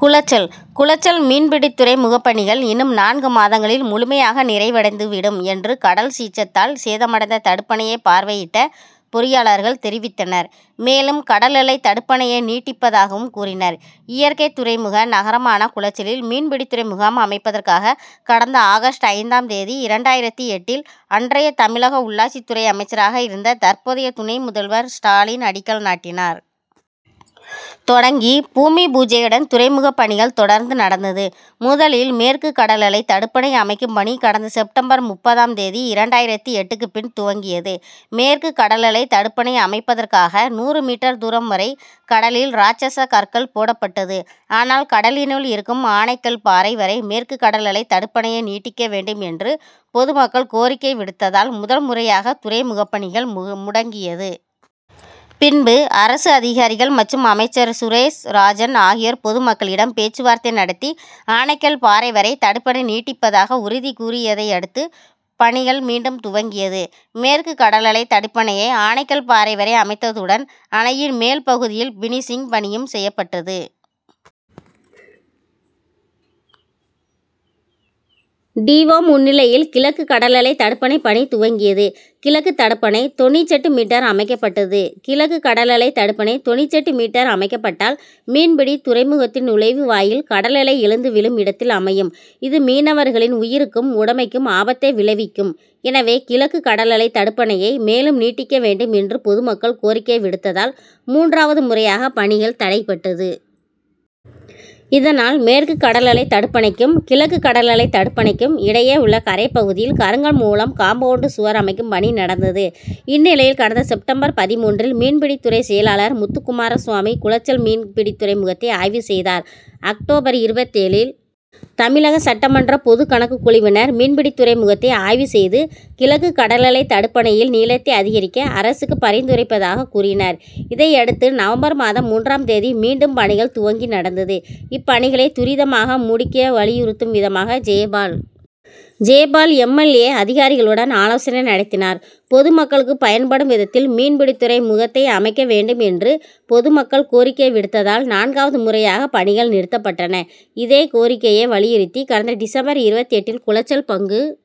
குளச்சல் குளச்சல் மீன்பிடித்துறை முகபணிகள் இன்னும் நான்கு மாதங்களில் முழுமையாக நிறைவடைந்து விடும் என்று கடல் சீற்றத்தால் சேதமடைந்த தடுப்பணையை பார்வையிட்ட பொறியாளர்கள் தெரிவித்தனர். மேலும் கடலலை தடுப்பணையை நீட்டிப்பதாகவும் கூறினார். இயற்கை துறைமுக நகரமான குளச்சலில் மீன்பிடித்துறை முகம் அமைப்பதற்காக கடந்த ஆகஸ்ட். ஐந்தாம், இரண்டாயிரத்து எட்டில் அன்றைய தமிழக உள்ளாட்சித்துறை அமைச்சராக இருந்த தற்போதைய துணை முதல்வர் ஸ்டாலின் அடிக்கல் நாட்டினார். தொடங்கி பூமி பூஜையுடன் துறைமுகப்பணிகள் தொடர்ந்து நடந்தது. முதலில் மேற்க்கு கடலலை தடுப்பணை அமைக்கும் பணி கடந்த செப்டம்பர். முப்பதாம், இரண்டாயிரத்து எட்டுக்கு பின் துவங்கியது. மேற்க்கு கடலலை தடுப்பணை அமைப்பதற்காக நூறு மீட்டர் தூரம் வரை கடலில் ராட்சஷ கற்கள் போடப்பட்டது. ஆனால் கடலினுள் இருக்கும் ஆனைக்கல் பாறை வரை மேற்க்கு கடலலை தடுப்பணையை நீட்டிக்க வேண்டும் என்று பொது மக்கள் கோரிக்கை விடுத்ததால் முதல் முறையாக துறை முகப்பணிகள் முடங்கியது. பின்பு அரசு அதிகாரிகள் மற்றும் அமைச்சர் சுரேஷ் ராஜன் ஆகியோர் பொது மக்களிடம் பேச்சுவார்த்தை நடத்தி ஆனைக்கல் பாறை வரை தடுப்பணை நீட்டிப்பதாக உறுதி கூறியதையடுத்து பணிகள் மீண்டும் துவங்கியது. மேற்க்கு கடலலை தடுப்பணையை ஆனைக்கல் பாறை வரை அமைத்ததுடன் அணையின் மேல் பகுதியில் பினிசிங் பணியும் செய்யப்பட்டது. டி. ஓ முன்னிலையில் கிழக்கு கடலலை தடுப்பணை பணி துவங்கியது. கிழக்கு தடுப்பணை தொண்ணூற்றெட்டு மீட்டர் அமைக்கப்பட்டது. கிழக்கு கடலலை தடுப்பணை தொண்ணூற்றெட்டு மீட்டர் அமைக்கப்பட்டால் மீன்பிடி துறை முகத்தின் நுழைவு வாயில் கடலலை எழுந்து விழும் இடத்தில் அமையும். இது மீனவர்களின் உயிருக்கும் உடைமைக்கும் ஆபத்தை விளைவிக்கும் எனவே கிழக்கு கடலலை தடுப்பணையை மேலும் நீட்டிக்க வேண்டும் என்று பொது மக்கள் கோரிக்கை விடுத்ததால் மூன்றாவது முறையாக பணிகள் தடைப்பட்டது. இதனால் மேற்கு கடலலை தடுப்பணைக்கும், கிழக்கு கடலலை தடுப்பணைக்கும் இடையே உள்ள கரை பகுதியில் கருங்கல் மூலம் காம்பவுண்டு சுவர் அமைக்கும் பணி நடந்தது. இந்நிலையில் கடந்த செப்.பதின்மூன்றில் மீன்பிடித்துறை செயலாளர் முத்து குமார சாமி குளச்சல் மீன் பிடித்துறை முகத்தை ஆய்வு செய்தார். அக்டோபர். இருபத்தேழில் தமிழக சட்டமன்ற பொதுக் கணக்கு குழுவினர் மீன்பிடித்துறை முகத்தை ஆய்வு செய்து கிழக்கு கடலலை தடுப்பணையின் நீளத்தை அதிகரிக்க அரசுக்கு பரிந்துரைப்பதாக கூறினர். இதையடுத்து நவம்பர் மாதம் மூன்றாம் தேதி மீண்டும் பணிகள் துவங்கி நடந்தது. இப் பணிகளை துரிதமாக முடிக்கவலியுறுத்தும் விதமாக ஜெயபால். M L. ஏ., அதிகாரிகளுடன் ஆலோசனை நடத்தினார். பொது மக்களுக்கு பயன்படும் விதத்தில் மீன்பிடித்துறை முகத்தை அமைக்க வேண்டும் என்று பொது மக்கள் கோரிக்கை விடுத்ததால் நான்காவது முறையாக பணிகள் நிறுத்தப்பட்டன. இதே கோரிக்கையை வலியுறுத்தி கடந்த டிசம்பர். இருபத்தெட்டில் குளச்சல் பங்கு